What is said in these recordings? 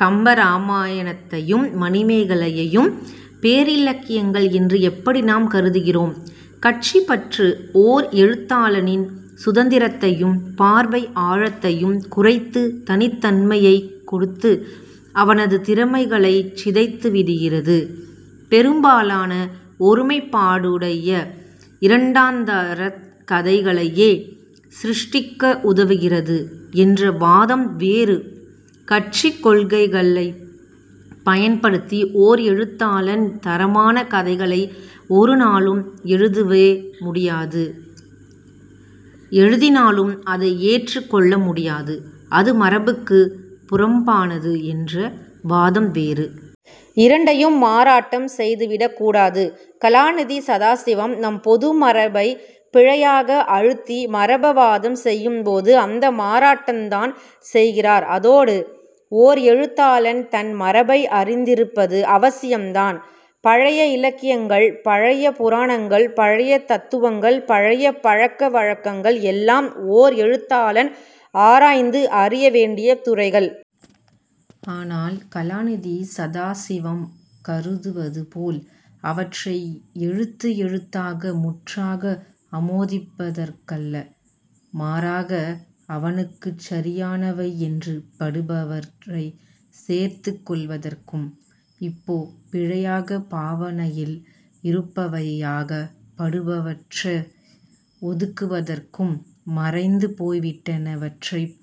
கம்பராமாயணத்தையும் மணிமேகலையையும் பேரிலக்கியங்கள் என்று எப்படி நாம் கருதுகிறோம்? கட்சிப் பற்று, ஓர் எழுத்தாளனின் சுதந்திரத்தையும் பார்வை ஆழத்தையும் குறைத்து, தனித்தன்மையைக் கெடுத்து, அவனது திறமைகளைச் சிதைத்துவிடுகிறது; பெரும்பாலான ஒருமைப்பாடுடைய இரண்டாந்தரக் கதைகளையே சிருஷ்டிக்க உதவுகிறது என்ற வாதம் வேறு. கட்சிக் கொள்கைகளைப் பயன்படுத்தி ஓர் எழுத்தாளன் தரமான கதைகளை ஒரு நாளும் எழுதவே முடியாது; எழுதினாலும் அதை ஏற்றுக் கொள்ள முடியாது; அது மரபுக்கு புறம்பானது என்ற வாதம் வேறு. இரண்டையும் மாறாட்டம் செய்துவிடக்கூடாது. கலாநிதி சதாசிவம் நம் பொது மரபைப் பிழையாக அழுத்தி மரபு வாதம் செய்யும் போது அந்த மாறாட்டந்தான் செய்கிறார். அதோடு, ஓர் எழுத்தாளன் தன் மரபை அறிந்திருப்பது அவசியந்தான். பழைய இலக்கியங்கள், பழைய புராணங்கள், பழைய தத்துவங்கள், பழைய பழக்க வழக்கங்கள் எல்லாம் ஓர் எழுத்தாளன் ஆராய்ந்து அறிய வேண்டிய துறைகள். ஆனால் கலாநிதி சதாசிவம் கருதுவதுபோல் அவற்றை எழுத்து எழுத்தாக முற்றாக ஆமோதிப்பதற்கல்ல. மாறாக, அவனுக்குச் சரியானவை என்று படுபவற்றைச் சேர்த்துக் கொள்வதற்கும், இப்போ பிழையாகப் பாவனையில் இருப்பவையாகப் படுபவற்றை ஒதுக்குவதற்கும், மறைந்து போய்விட்டனவற்றைப்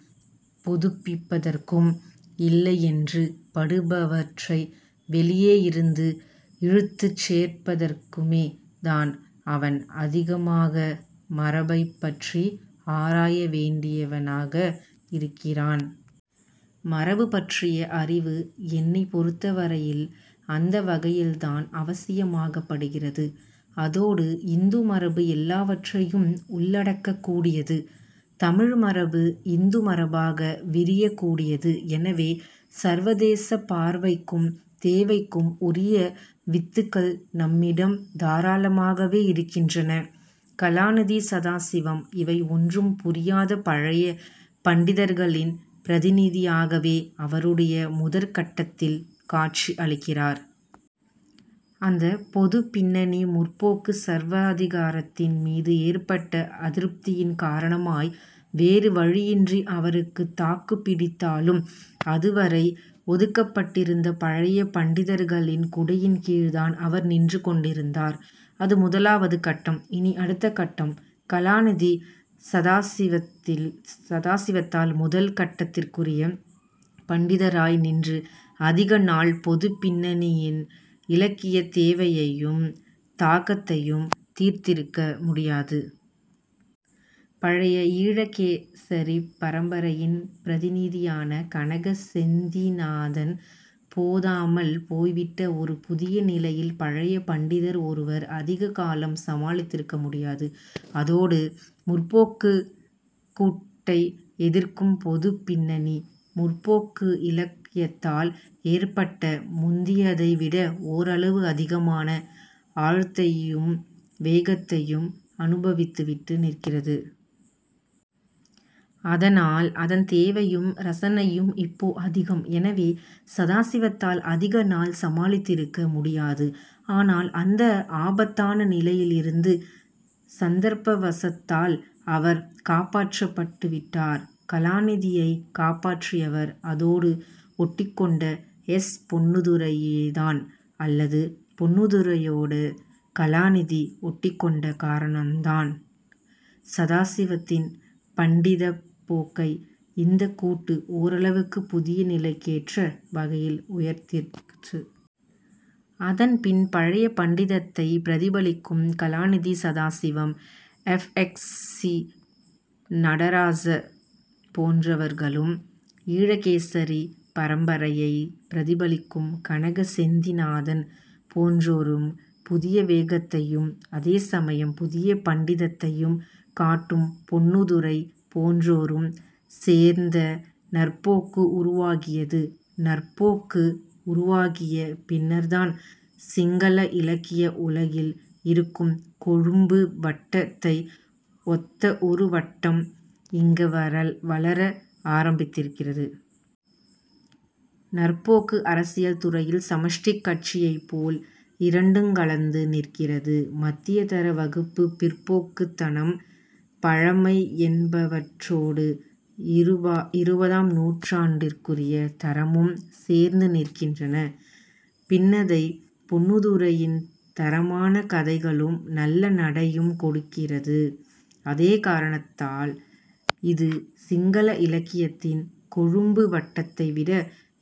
புதுப்பிப்பதற்கும், இல்லையென்று படுபவற்றை வெளியே இருந்து இழுத்துச் சேர்ப்பதற்குமே தான் அவன் அதிகமாக மரபைப்பற்றி ஆராய வேண்டியவனாக இருக்கிறான். மரபுபற்றிய அறிவு, என்னைப் பொருத்தவரையில், அந்த வகையில்தான் அவசியமாகப்படுகிறது. அதோடு இந்து மரபு எல்லாவற்றையும் உள்ளடக்கக் கூடியது. தமிழ் மரபு இந்து மரபாக விரியக் கூடியது. எனவே, சர்வதேசப் பார்வைக்கும் தேவைக்கும் உரிய வித்துகள் நம்மிடம் தாராளமாகவே இருக்கின்றன. கலாநிதி சதாசிவம், இவை ஒன்றும் புரியாத பழைய பண்டிதர்களின் பிரதிநிதியாகவே அவருடைய முதற் கட்டத்தில் காட்சி அளிக்கிறார். அந்தப் பொதுப் பின்னணி, 'முற்போக்கு' சர்வாதிகாரத்தின் மீது ஏற்பட்ட அதிருப்தியின் காரணமாய், வேறு வழியின்றி அவருக்குத் தாக்குப் பிடித்தாலும் அதுவரை ஒதுக்கப்பட்டிருந்த பழைய பண்டிதர்களின் குடையின் கீழ்தான் அவர் நின்றுகொண்டிருந்தார். அது முதலாவது கட்டம். இனி அடுத்த கட்டம். கலாநிதி சதாசிவத்தால் முதல் கட்டத்துக்குரிய பண்டிதராய் நின்று அதிக நாள் பொதுப் பின்னணியின் இலக்கியத் தேவையையும் தாகத்தையும் தீர்த்திருக்க முடியாது. பழைய ஈழகேசரிப் பரம்பரையின் பிரதிநிதியான கனக செந்திநாதன் போதாமல் போய்விட்ட ஒரு புதிய நிலையில் பழைய பண்டிதர் ஒருவர் அதிக காலம் சமாளித்திருக்க முடியாது. அதோடு 'முற்போக்கு'க் கூட்டை எதிர்க்கும் பொதுப் பின்னணி, 'முற்போக்கு' இலக்கியத்தால் ஏற்பட்ட முந்தியதை விட ஓரளவு அதிகமான, ஆழத்தையும் வேகத்தையும் அனுபவித்துவிட்டு நிற்கிறது. அதனால் அதன் தேவையும் ரசனையும் இப்போ அதிகம். எனவே, சதாசிவத்தால் அதிக நாள் சமாளித்திருக்க முடியாது. ஆனால் அந்த ஆபத்தான நிலையிலிருந்து சந்தர்ப்பவசத்தால் அவர் காப்பாற்றப்பட்டுவிட்டார். கலாநிதியைக் காப்பாற்றியவர் அதோடு ஒட்டிக்கொண்ட எஸ். பொன்னுத்துரையேதான். அல்லது பொன்னுத்துரையோடு கலாநிதி ஒட்டிக்கொண்ட காரணந்தான். சதாசிவத்தின் பண்டிதப் போக்கை இந்தக் கூட்டு ஓரளவுக்குப் புதிய நிலைக்கேற்ற வகையில் உயர்த்திற்று. அதன்பின் பழைய பண்டிதத்தைப் பிரதிபலிக்கும் கலாநிதி Sadasivam, F. X. C. Nadarajah போன்றவர்களும் ஈழகேசரிப் பரம்பரையைப் பிரதிபலிக்கும் கனக செந்திநாதன் போன்றோரும் புதிய வேகத்தையும் அதே சமயம் புதிய பண்டிதத்தையும் காட்டும் பொன்னுத்துரை போன்றோரும் சேர்ந்த 'நற்போக்கு' உருவாகியது. 'நற்போக்கு' உருவாகிய பின்னர்தான் சிங்கள இலக்கிய உலகில் இருக்கும் 'கொழும்பு வட்ட'த்தை ஒத்த ஒரு வட்டம் இங்க வளர ஆரம்பித்திருக்கிறது. 'நற்போக்கு', அரசியல் துறையில் சமஷ்டிக் கட்சியைப்போல் இரண்டுங் கலந்து நிற்கிறது. மத்தியதர வகுப்புப் பிற்போக்குத்தனம், பழமை என்பவற்றோடு இருபதாம் நூற்றாண்டுக்குரிய தரமும் சேர்ந்து நிற்கின்றன. பின்னதைப் பொன்னுத்துரையின் தரமான கதைகளும் நல்ல நடையும் கொடுக்கிறது. அதே காரணத்தால் இது சிங்கள இலக்கியத்தின் கொழும்பு வட்டத்தை விட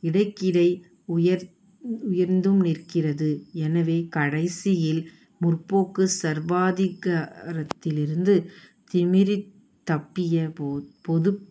இடைக்கிடை உயர்ந்தும் நிற்கிறது. எனவே, கடைசியில் 'முற்போக்கு' சர்வாதிகாரத்திலிருந்து திமிறித் தப்பிய பொதுப்